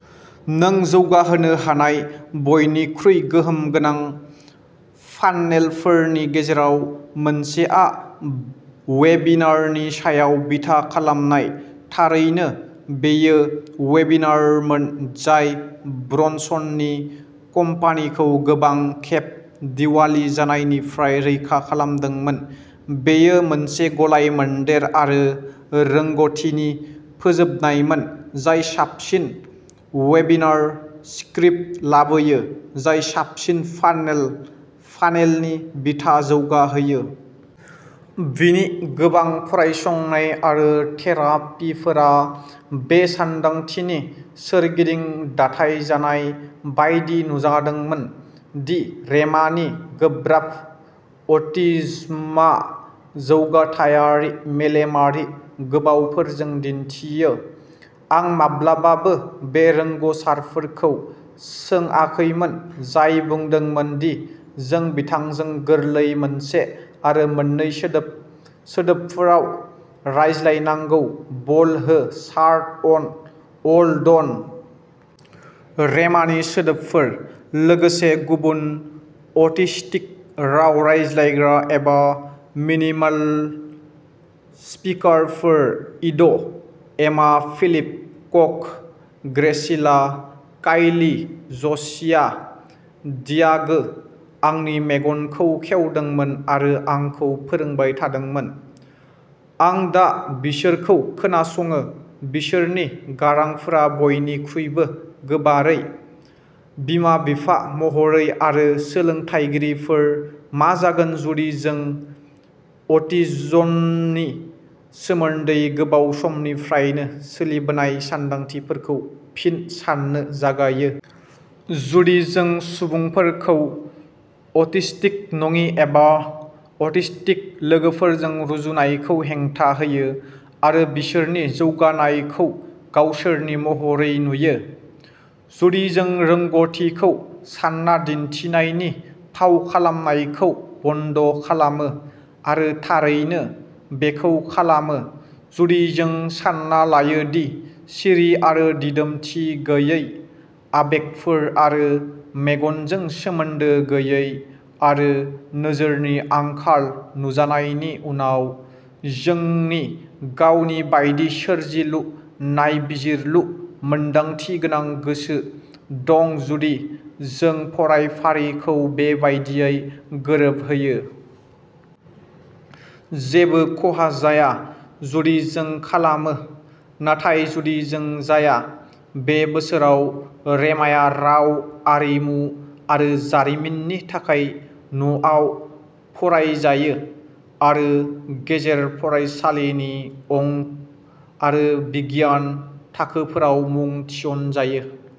नों जौगाहोनो हानाय बयनिख्रुइ गोहोम गोनां फान्नेलफोरनि गेजेराव मोनसेआ वेबिनारनि सायाव बिथा खालामनाय। थारैनो, बेयो वेबिनारमोन जाय ब्रुनसननि कम्पानिखौ गोबां खेब दिवालि जानायनिफ्राय रैखा खालामदोंमोन। बेयो मोनसे गलायमोनदेर आरो रोंग'थिनि फोजोबनायमोन जाय साबसिन वेबिनार स्क्रिप्ट लाबोयो, जाय साबसिन फान्नेल फानेलनि बिथा जौगाहोयो। बिनि गोबां फरायसंनाय आरो थेरापिफोरा बे सानदांथिनि सोरगिदिं दाथाइजानाय बायदि नुजादोंमोन दि रेमानि गोब्राब अटिज्मआ जौगाथायारि, मेलेमारि गोबावफोरखौ दिन्थियो। आं माब्लाबाबो बै रोंग'सारफोरखौ सोंाखैमोन जाय बुंदोंमोन दि जों बिथांजों गोरलै मोनसे आरो मोननै सोदोब सोदोबफोराव रायज्लायनांगौः "बल हो", "शार्ट अन", "अल डन"। रेमानि सोदोबफोर, लोगोसे गुबुन अटिस्टिक राव रायज्लायग्रा एबा मिनिमाल-स्पिकारफोर-इड', एमा, फिलिप, कक ', ग्रेसिला, कायली, ज'शिया, डियागो-आंनि मेगनखौ खेवदोंमोन आरो आंखौ फोरोंबाय थादोंमोन। आं दा बिसोरखौ खोनासङो, बिसोरनि गारांफोरा बयनिख्रुइबो गोबारै। बिमा-बिफा महरै आरो सोलोंथायगिरिफोर, मा जागोन जुदि जों अटिज्मनि सोमोन्दै गोबाव समनिफ्रायनो सोलिबोनाय सान्दांथिफोरखौ फिन साननो जागायो? जुदि जों सुबुंफोरखौ अटिस्टिक नङि एबा अटिस्टिक लोगोफोरजों रुजुनायखौ हेंथा होयो आरो बिसोरनि जौगानायखौ गावसोरनि महरै नुयो? जुदि जों रोंग'थिखौ सान्ना दिन्थिनायनि फाव खालामनायखौ बन्द'खालामो आरो थारैनो बेखौ खालामो? जुदि जों सान्ना लायो दि सिरि आरो दिदोमथि गैयै आबेगफोर आरो मेगनजों सोमोन्दो गैयै आरो नोजोरनि आंखाल नुजानायनि उनाव, जोंनि गावनि बायदि सोरजिलु, नायबिजिरलु, मोनदांथिगोनां गोसो दंजुदि जों फरायफारिखौ बे बायदियै गोरोबहोयो? जेबो खहा जाया जुदि जों खालामो। नाथाय जुदि जों जाया? बे बोसोराव रेमाया राव आरिमु आरो जारिमिननि थाखाय न'आव फरायजायो आरो गेजेर फरायसालिनि अंक आरो बिगियान थाखोफोराव मुं थिसनजायो।